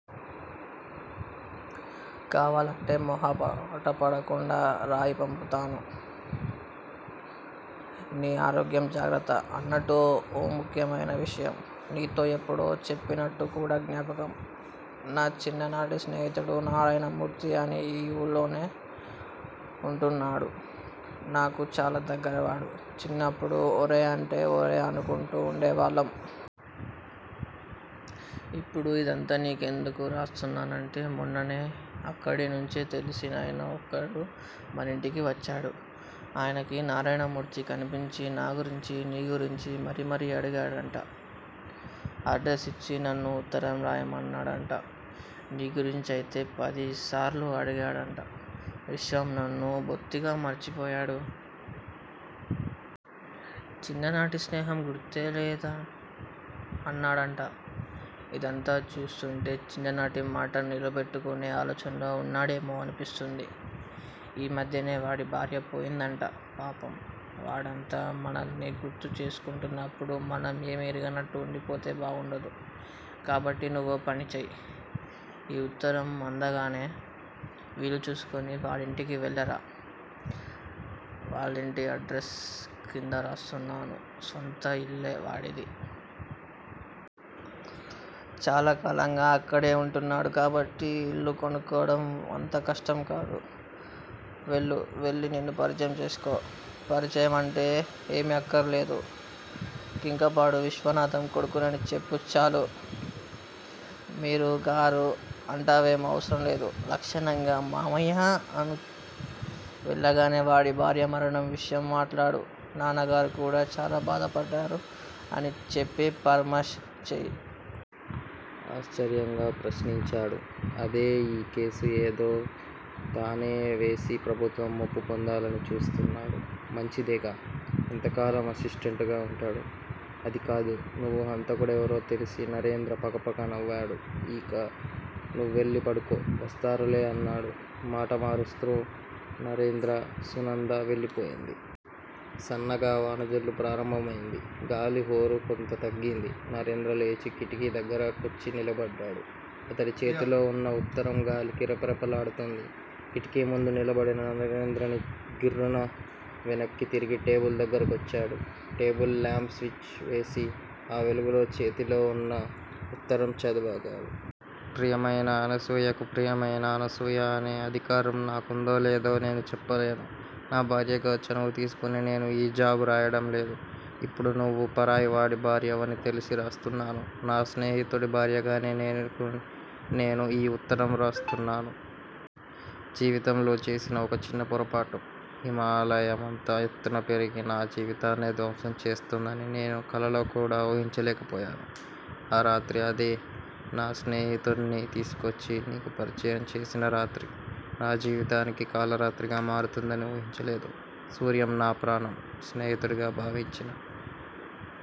కావాలంటే మొహామాట పడకుండా రాయి పంపుతాను. నీ ఆరోగ్యం జాగ్రత్త. అన్నట్లు ఓ ముఖ్యమైన విషయం. నీతో ఎప్పుడో చెప్పినట్లు కూడా జ్ఞాపకం. నా చిన్న నాటి స్నేహితుడు నారాయణమూర్తి అని ఆ ఊళ్లోనే ఉంటున్నాడు. నాకు చాలా దగ్గర వాడు. చిన్నప్పుడు ఒరే అంటే ఒరే అనుకుంటూ ఉండేవాళ్ళం. ఇప్పుడు ఇదంతా నీ కెందుకు రాస్తున్నానంటే మొన్ననే అక్కడినించే తెలిసినాయన ఒకడు మనింటికి వచ్చాడు. ఆయనకీ నారాయణమూర్తి కనిపించి నా గురించి నీ గురించీ మరీ మరీ అడిగాడట. అడ్రస్ ఇచ్చి నన్ను ఉత్తరం రాయమన్నాడట, నీ గురించి అయితే పదిసార్లు అడిగాడుట, విశ్వం నన్ను బొత్తిగా మర్చేపోయాడు. చిన్న నాటి స్నేహం గుర్తే లేదు అన్నాడుట. ఇదంతా చూస్తుంటే చిన్ననాటి మాట నిలబెట్టుకునే ఆలోచనలో ఉన్నాడేమో అనిపిస్తుంది. ఈ మధ్యనే వాడి భార్య పోయిందట పాపం వాడంతగా మనలని గుర్తు చేసుకుంటున్నప్పుడు మనం ఏమీ ఎరగనట్లు ఉండిపోతే బాగుండదు. కాబట్టి నువ్వో పనిచెయ్. ఈ ఉత్తరం అందగానే వీలు చూసుకుని వాడింటికి వెళ్ళిరా, వాళ్ళింటి అడ్రస్ క్రింద రాస్తున్నాను స్వంత ఇల్లే వాడిది. చాలాకాలంగా అక్కడే ఉంటున్నాడు కాబట్టి ఇల్లు కనుక్కోవడం అంత కష్టం కాదు. వెళ్ళు వెళ్ళి నిన్ను పరిచయం చేసుకో. పరిచయం అంటే ఏమీ అక్కర్లేదు. కంకిపాడు విశ్వనాధం కొడుకుని అని చెప్పు చాలు. మీరు, గారు అంటావేమో అవసరం లేదు. లక్షణంగా మావయ్యా అను. వెళ్ళగానే వాడి భార్య మరణం విషయం మాట్లాడు నాన్నగారు కూడా చాలా బాధపడ్డారు అని చెప్పి పరామర్శ చెయ్యి. ఆశ్చర్యంగా ప్రశ్నించాడు. అదే ఈ కేసు ఏదో తనే వేసి ప్రభుత్వం మెప్పు పొందాలని చూస్తున్నాడు. మంచిదేగా? ఎంతకాలం అసిస్టెంటుగా ఉంటాడు? అది కాదు. నువ్వు హంతకుడెవరో తెలిసీ నరేంద్ర పకపక నవ్వాడు. ఇక నువ్వెళ్ళి పడుకో, వస్తారులే అన్నాడు మాట మారుస్తూ నరేంద్ర. సునంద వెళ్ళిపోయింది. సన్నగా వానజల్లు ప్రారంభం అయింది. గాలి హొరు కొంత తగ్గింది. నరేంద్ర లేచి కిటికీ దగ్గర కొచ్చి నిలబడ్డాడు. అతడి చేతిలో ఉన్న ఉత్తరం గాలికి రెపరెపలాడుతోంది. కిటికీ ముందు నిలబడిన నరేంద్ర గిర్రున వెనక్కు తిరిగి టేబుల్ దగ్గర కొచ్చాడు. టేబుల్ లాంప్ స్విచ్ వేసి ఆ వెలుగులో చేతిలో ఉన్న ఉత్తరం చదవ ప్రియమైన అనసూయకు. ప్రియమైన అనసూయ అనే అధికారం నాకుందో లేదో నేను చెప్పలేను. నా భార్యగా చనువు తీసుకొని నేను ఈ జాబు రాయడం లేదు. ఇప్పుడు నువ్వు పరాయి వాడి భార్యవని తెలిసే రాస్తున్నాను. నా స్నేహితుడి భార్యగానే నీకు నేను ఈ ఉత్తరం రాస్తున్నాను. జీవితంలో చేసిన ఒక చిన్న పొరపాటు, హిమాలయమంత ఎత్తున పెరిగి నా జీవితాన్నే ధ్వంసం చేస్తుందని నేను కలలో కూడా ఉహించలేక పోయాను. ఆ రాత్రి అదే నా స్నేహితుడ్ని తీసుకోచ్చి నీకు పరిచయం చేసిన రాత్రి, నా జీవితానికి కళరాత్రిగా మారుతుందని ఉహించలేదు. సూర్యం, నా ప్రాణం స్నేహితుడిగా భావించిన